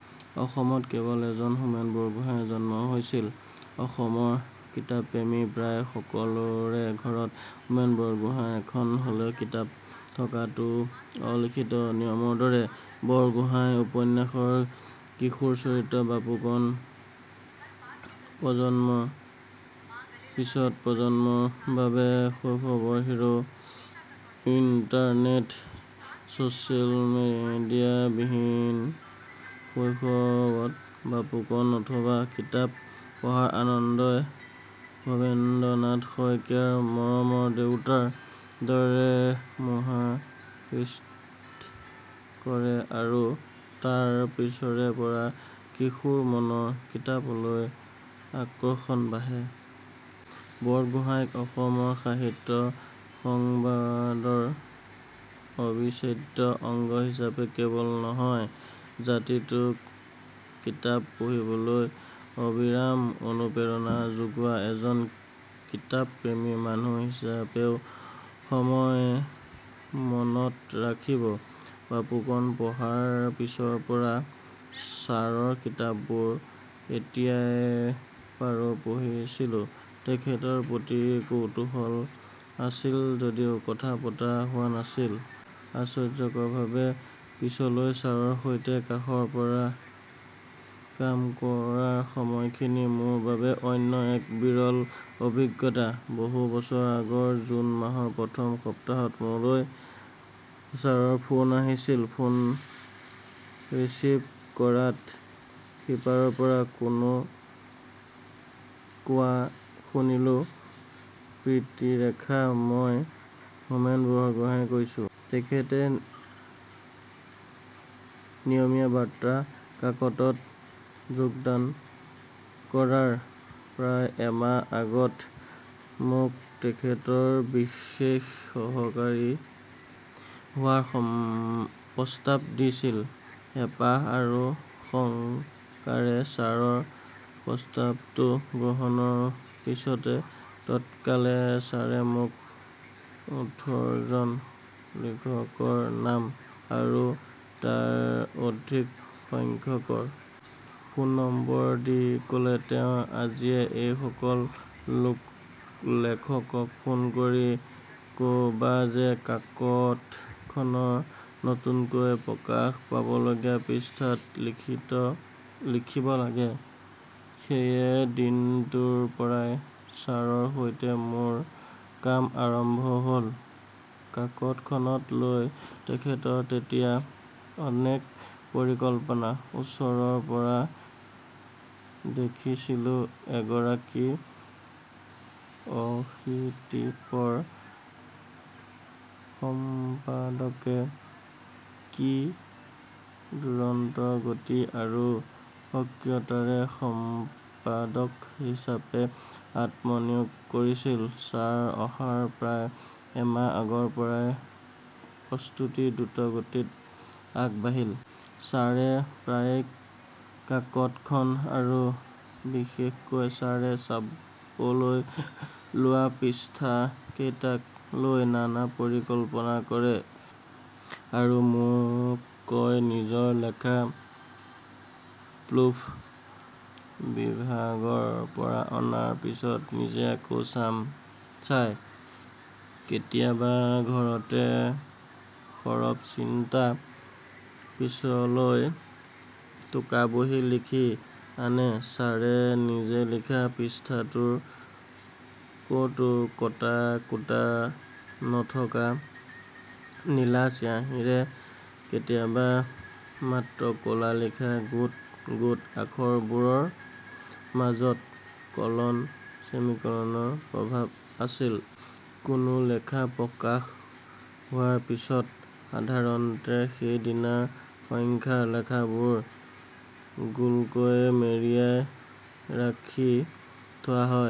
অসমত কেৱল এজন হোমেন বৰগোহাঞিৰে জন্ম হৈছিল৷ অসমৰ কিতাপপ্ৰেমী প্ৰায় সকলোৰে ঘৰত হোমেন বৰগোহাঞিৰ এখন হলেও কিতাপ থকাটো অলিখিত নিয়মৰ দৰে৷ বৰগোহাঞিৰ উপন্যাসৰ কিশোৰ চৰিত্ৰ বাপুকণ প্ৰজন্মৰ পিছত প্ৰজন্মৰ বাবে শৈশৱৰ হিৰ'৷ ইন্টাৰনেট, ছচিয়েল মিডিয়াবিহীন শৈশৱত বাপুকণ অথবা কিতাপ পঢ়াৰ আনন্দই ভবেন্দ্ৰনাথ শইকীয়াৰ মৰমৰ দেউতাৰ দৰেই মোহাবিষ্ট কৰে আৰু তাৰ পিছৰে পৰা কিশোৰ মনৰ কিতাপলৈ আকৰ্ষণ বাঢ়ে। বৰগোহাঞিক অসমৰ সাহিত্যসংবাদৰ অবিচ্ছেদ্য অংগ হিচাপে কেৱল নহয়, জাতিটোক কিতাপ পঢ়িবলৈ অবিৰাম অনুপ্ৰেৰণা যোগোৱা এজন কিতাপপ্ৰেমী মানুহ হিচাপেও সময়ে মনত ৰাখিব। বাপুকণ পঢ়াৰ পিছৰ পৰা ছাৰৰ কিতাপবোৰ যেতিয়াই পাৰো পঢ়িছিলোঁ। তেখেতৰ প্ৰতি কৌতূহল আছিল যদিও কথা পতা হোৱা নাছিল। আশ্বৰ্যকৰভাবে পিছলৈ ছাৰৰ সৈতে কাষৰ পৰা কাম কৰাৰ সময়খিনি মোৰ বাবে অন্য এক বিৰল অভিজ্ঞতা৷ বহু বছৰ আগৰ‌ জুন মাহৰ প্ৰথম সপ্তাহত মোলৈ ছাৰৰ ফোন আহিছিল। ফোন ৰিচিভ কৰাত সিপাৰৰ পৰা কোনো কোৱা শুনিলোঁ, প্ৰীতিৰেখা মই হোমেন বৰগোহাঁঞিয়ে কৈছোঁ। তেখেতে নিয়মীয়া বাৰ্তা কাকতত যোগদান কৰাৰ প্ৰায় এমাহ আগত মোক তেখেতৰ বিশেষ সহকাৰী হোৱাৰ প্ৰস্তাৱ দিছিল। হেঁপাহ আৰু শংকাৰে ছাৰৰ প্ৰস্তাৱটো গ্ৰহণৰ পিছতে তৎকালে ছাৰে মোক ওঠৰ জন লেখকৰ নাম আৰু তাৰ অধিকসংখ্যকৰ ফোন নম্বৰ দি ক'লে তেওঁ আজিয়ে এইসকল লোক লেখকক ফোন কৰি ক'বা যে কাকতখনৰ নতুনকৈ প্ৰকাশ পাবলগীয়া পৃষ্ঠাত লিখিত লিখিব লাগে৷ সেই দিনটোৰ পৰাই ছাৰৰ সৈতে মোৰ কাম আৰম্ভ হ'ল৷ কাকতখনক লৈ তেখেতৰ তেতিয়া অনেক পৰিকল্পনা৷ ওচৰৰ পৰা দেখিছিলোঁ এগৰাকী অশীতিপৰ সম্পাদকে কি দূৰন্ত গতি আৰু সক্ৰিয়তাৰে সম্পাদক হিচাপে আত্মনিয়োগ কৰিছিল৷ ছাৰ অহাৰ প্ৰায় এমাহ আগৰ পৰা প্ৰস্তুতি দ্ৰুতগতিত আগবাঢ়িল। ছাৰে প্ৰায়ে কাকতখন আৰু বিশেষকৈ ছাৰে চাবলৈ লোৱা পৃষ্ঠাকেইটাক লৈ নানা পৰিকল্পনা কৰে আৰু মোক কয় নিজৰ লেখা প্ৰুফ বিভাগৰ পৰা অনাৰ পিছত নিজে আকৌ চাম চায়৷ কেতিয়াবা ঘৰতে সৰৱ চিন্তা পিছলৈ টোকাবহী লিখি আনে৷ ছাৰে নিজে লিখা পৃষ্ঠাটোৰ ক'তো কটাকূটা নথকা নীলা চিঞাহীৰে কেতিয়াবা মাত্ৰ ক'লা লিখা গোট গোট আখৰবোৰৰ মাজত কলন, চেমিকলনৰ প্ৰভাৱ আছিল। কোনো লেখা প্ৰকাশ হোৱাৰ পিছত সাধাৰণতে সেইদিনাৰ সংখ্যাৰ লেখাবোৰ গোলকৈ মেৰিয়াই ৰাখি থোৱা হয়।